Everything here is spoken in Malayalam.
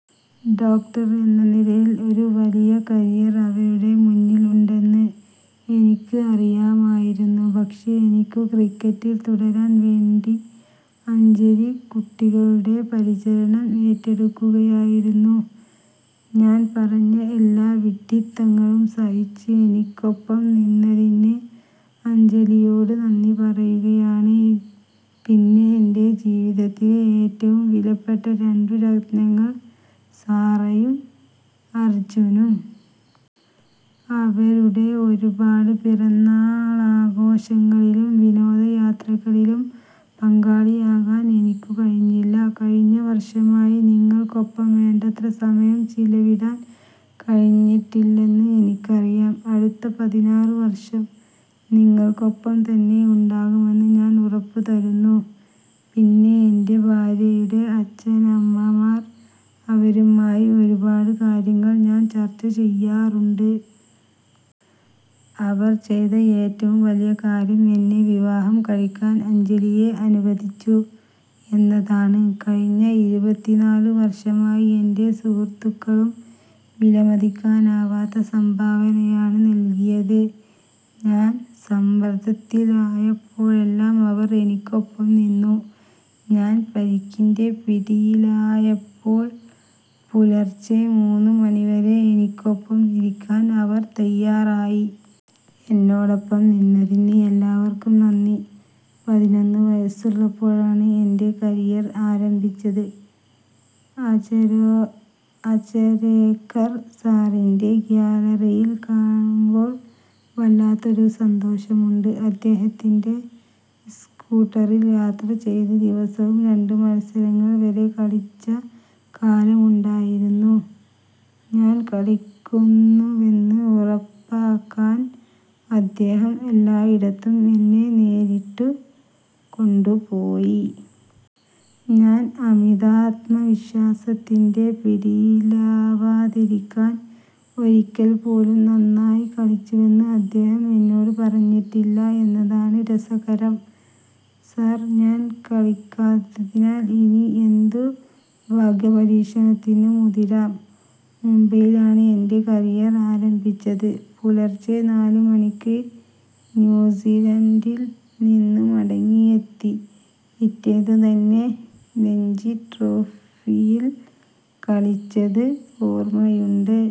ഡോക്ടർ എന്ന നിലയിൽ ഒരു വലിയ കരിയർ അവരുടെ മുന്നിലുണ്ടെന്ന് എനിക്ക് അറിയാമായിരുന്നു. പക്ഷേ, എനിക്കു ക്രിക്കറ്റിൽ തുടരാൻ വേണ്ടി അഞ്ജലി കുട്ടികളുടെ പരിചരണം ഏറ്റെടുക്കുകയായിരുന്നു. ഞാൻ പറഞ്ഞ എല്ലാ വിഡ്ഢിത്തങ്ങളും സഹിച്ച് എനിക്കൊപ്പം നിന്നതിന് അഞ്ജലിയോടു നന്ദി പറയുകയാണ്. പിന്നെ എന്റെ ജീവിതത്തിലെ ഏറ്റവും വിലപ്പെട്ട രണ്ടു രത്നങ്ങൾ- സാറയും അർജുനും. അവരുടെ ഒരു പാട് പിറന്നാളാഘോഷങ്ങളിലും വിനോദയാത്രകളിലും പങ്കാളിയാകാൻ എനിക്കു കഴിഞ്ഞില്ല. കഴിഞ്ഞ വർഷമായി നിങ്ങൾക്കൊപ്പം വേണ്ടത്ര സമയം ചിലവിടാൻ കഴിഞ്ഞിട്ടില്ലെന്ന് എനിക്കറിയാം. അടുത്ത പതിനാറു വർഷം നിങ്ങൾക്കൊപ്പം തന്നെ ഉണ്ടാകുമെന്ന് ഞാൻ ഉറപ്പു തരുന്നു. പിന്നെ എന്റെ ഭാര്യയുടെ അച്ഛനമ്മമാർ. അവരുമായി ഒരുപാട് കാര്യങ്ങൾ ഞാൻ ചർച്ച ചെയ്യാറുണ്ട്. അവർ ചെയ്ത ഏറ്റവും വലിയ കാര്യം എന്നെ വിവാഹം കഴിക്കാൻ അഞ്ജലിയെ അനുവദിച്ചു എന്നതാണ്. കഴിഞ്ഞ ഇരുപത്തിനാലു വർഷമായി എന്റെ സുഹൃത്തുക്കളും വിലമതിക്കാനാവാത്ത സംഭാവനയാണ് നൽകിയത്. ഞാൻ സമ്മർദത്തിലായപ്പോഴെല്ലാം അവർ എനിക്കൊപ്പം നിന്നു. ഞാൻ പരിക്കിന്റെ പിടിയിലായപ്പോൾ പുലർച്ചെ മൂന്നു മണിവരെ എനിക്കൊപ്പം ഇരിക്കാൻ അവർ തയ്യാറായി. എന്നോടൊപ്പം നിന്നതിന് എല്ലാവർക്കും നന്ദി. പതിനൊന്ന് വയസ്സുള്ളപ്പോഴാണ് എന്റെ കരിയർ ആരംഭിച്ചത്. അചരേക്കൾ സാറിന്റെ ഗ്യാലറിയിൽ കാണുമ്പോൾ വല്ലാത്തൊരു സന്തോഷമുണ്ട്. അദ്ദേഹത്തിന്റെ സ്കൂട്ടറിൽ യാത്ര ചെയ്ത് ദിവസവും രണ്ടു മത്സരങ്ങൾ വരെ കളിച്ച കാലമുണ്ടായിരുന്നു. ഞാൻ കളിക്കുന്നുവെന്ന് ഉറപ്പാക്കാൻ അദ്ദേഹം എല്ലായിടത്തും എന്നെ നേരിട്ടു കൊണ്ടുപോയി. ഞാൻ അമിതാത്മവിശ്വാസത്തിന്റെ പിടിയിലാവാതിരിക്കാൻ ഒരിക്കൽപ്പോലും നന്നായി കളിച്ചുവെന്ന് അദ്ദേഹം എന്നോടു പറഞ്ഞിട്ടില്ല എന്നതാണ് രസകരം. സർ, ഞാൻ കളിക്കാത്തതിനാൽ ഇനി എന്തു ഭാഗ്യപരീക്ഷണത്തിനും മുതിരാം. മുംബൈയിലാണ് എന്റെ കരിയർ ആരംഭിച്ചത്. പുലർച്ചെ നാലു മണിക്ക് ന്യൂസീലൻഡിൽ നിന്നു മടങ്ങിയെത്തി പിറ്റേന്നു തന്നെ രഞ്ജി ട്രോഫിയിൽ കളിച്ചത് ഓർമയുണ്ട്.